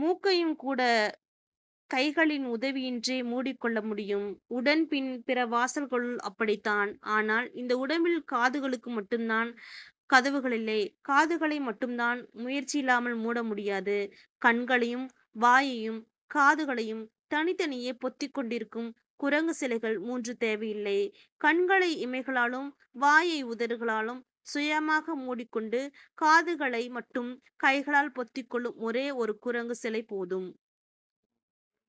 மூக்கையும்கூடக் கைகளின் உதவியின்றியே மூடிக்கொள்ள முடியும். உடம்பின் பிற வாசல்களும் அப்படித்தான். ஆனால், இந்த உடம்பில் காதுகளுக்கு மட்டும்தான் கதவுகளில்லை. காதுகளை மட்டும்தான் முயற்சி இல்லாமல் மூட முடியாது. கண்களையும் வாயையும் காதுகளையும் தனித்தனியே பொத்திக் கொண்டிருக்கும் குரங்குச் சிலைகள் மூன்று தேவையில்லை. கண்களை இமைகளாலும் வாயை உதடுகளாலும் சுயமாக முடிக்கொண்டு, காதுகளை மட்டும் கைகளால் பொத்திக்கொள்ளும் ஒரே ஒரு குரங்குச் சிலை போதும்.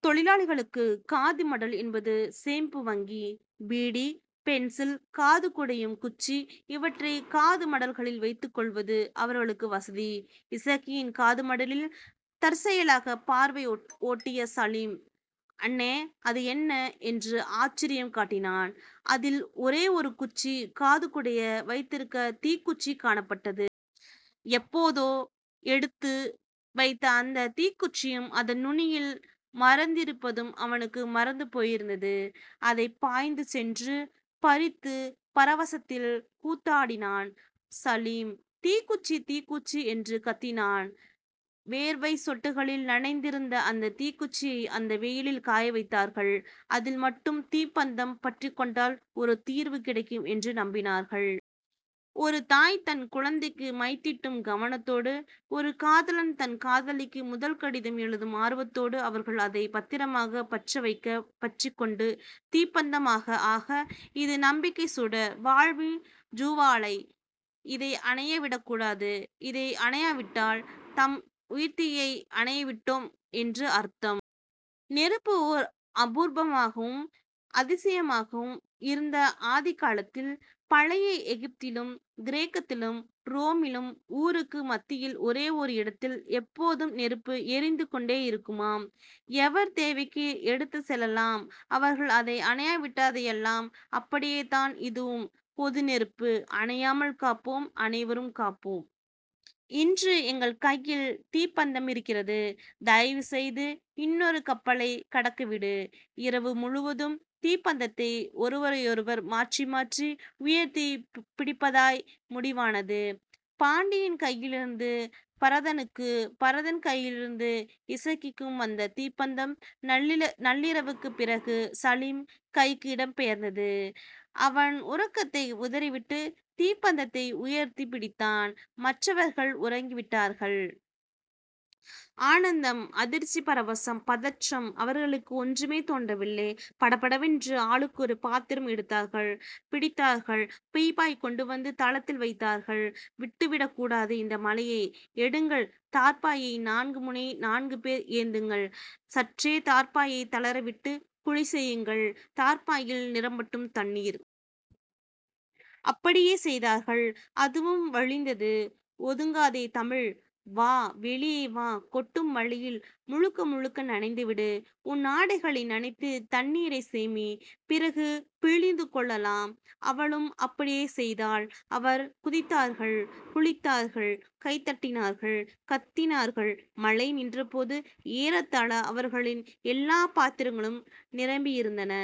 தொழிலாளிகளுக்குக் காதுமடல் என்பது சேமிப்பு வங்கி. பீடி, பென்சில், காது குடையும் குச்சி இவற்றைக் காதுமடல்களில் வைத்துக்கொள்வது அவர்களுக்கு வசதி. இசக்கியின் காதுமடலில் தற்செயலாக பார்வை ஒட்டிய சலீம், அண்ணே. அது என்ன? என்று ஆச்சரியம் காட்டினான். அதில் ஒரே ஒரு குச்சி காது குடைய வைத்திருந்த தீக்குச்சி காணப்பட்டது. எப்போதோ எடுத்து வைத்த அந்தத் தீக்குச்சியும் அதன் நுனியில் மரந்திருப்பதும் அவனுக்கு மறந்து போயிருந்தது. அதைப் பாய்ந்துசென்று பறித்துப் பரவசத்தில் கூத்தாடினான் சலீம். தீக்குச்சி. தீக்குச்சி. என்று கத்தினான். வேர்வைச் சொட்டுகளில் நனைந்திருந்த அந்தத் தீக்குச்சியை அந்தவெயிலில் காயவைத்தார்கள். அதில் மட்டும் தீப்பந்தம் பற்றிக்கொண்டால் ஒரு தீர்வு கிடைக்கும் என்று நம்பினார்கள். ஒரு தாய் தன் குழந்தைக்கு மைதீட்டும் கவனத்தோடு, ஒரு காதலன் தன் காதலிக்கு முதல் கடிதம் எழுதும் ஆர்வத்தோடு அவர்கள் அதைப் பத்திரமாகப் பற்றவைக்க, பற்றிக்கொண்டு தீப்பந்தம். ஆகா. ஆகா. இது நம்பிக்கைச் சுடர். வாழ்வின் ஜுவாலை. இதை அணைய விடக்கூடாது. இதை அணையாவிட்டால், நம் உயிர்த்தீயை அணையவிட்டோம் என்று அர்த்தம். நெருப்பு ஓர் அபூர்வமாகவும் அதிசயமாகவும் இருந்த ஆதிகாலத்தில், பழைய எகிப்திலும் கிரேக்கத்திலும் ரோமிலும் ஊருக்கு மத்தியில் ஒரே ஓர் இடத்தில், எப்போதும் நெருப்பு எரிந்து கொண்டேயிருக்குமாம். எவர் தேவைக்கி எடுத்துச் செல்லலாம். அவர்கள் அதை அணையாவிட்டாது எல்லாம். அப்படித்தான் இதுவும் பொதுநெருப்பு. அணையாமல் காப்போம். அனைவரும் காப்போம். இன்று எங்கள் கையில் தீப்பந்தமிருக்கிறது, தயவுசெய்து இன்னொரு கப்பலைக் கடக்கவிடு. இரவு முழுவதும் தீப்பந்தத்தை ஒருவரையெருவர் மாற்றி மாற்றி உயர்த்திப் பிடிப்பதாய் முடிவானது. பாண்டியின் கையிலிருந்து பரதனுக்கு, பரதன் கையிலிருந்து இசக்கிக்கும் வந்த தீப்பந்தம் நள்நள்ளிரவுக்குப் பிறகு சலீம் கைக்கு இடம் பெயர்ந்தது. அவன் உறக்கத்தை உதறிவிட்டுத் தீப்பந்தத்தை உயர்த்திப் பிடித்தான், மற்றவர்கள் உறங்கிவிட்டார்கள். ஆனந்தம் அதிர்ச்சி பரவசம் பதற்றம்.... அவர்களுக்கு ஒன்றுமே தோன்றவில்லை. படபடவென்று ஆளுக்கொரு பாத்திரம் எடுத்தார்கள், பிடித்தார்கள். பீப்பாய் கொண்டுவந்து தளத்தில் வைத்தார்கள் விட்டுவிடக்கூடாது இந்த மழையை எடுங்கள் தார்ப்பாயை. நான்கு முனையை நான்கு பேர் ஏந்துங்கள் சற்றே தார்ப்பாயைத் தளரவிட்டுக் குழி செய்யுங்கள், தார்ப்பாயில் நிரம்பட்டும் தண்ணீர். அப்படியே செய்தார்கள், அதுவும் வழிந்தது. ஒதுங்காதே தமிழ். வா, வெளியே வா. கொட்டும் மழையில் முழுக்க முழுக்க நனைந்துவிடு. உன் ஆடைகளை நனைத்துத் தண்ணீரைச் சேமி, பிறகு பிழிந்து கொள்ளலாம், அவளும் அப்படியே செய்தாள். அவர் குதித்தார்கள் குளித்தார்கள் கைதட்டினார்கள், கத்தினார்கள். மழை நின்றபோது, ஏறத்தாழ அவர்களின் எல்லாப் பாத்திரங்களும் நிரம்பியிருந்தன.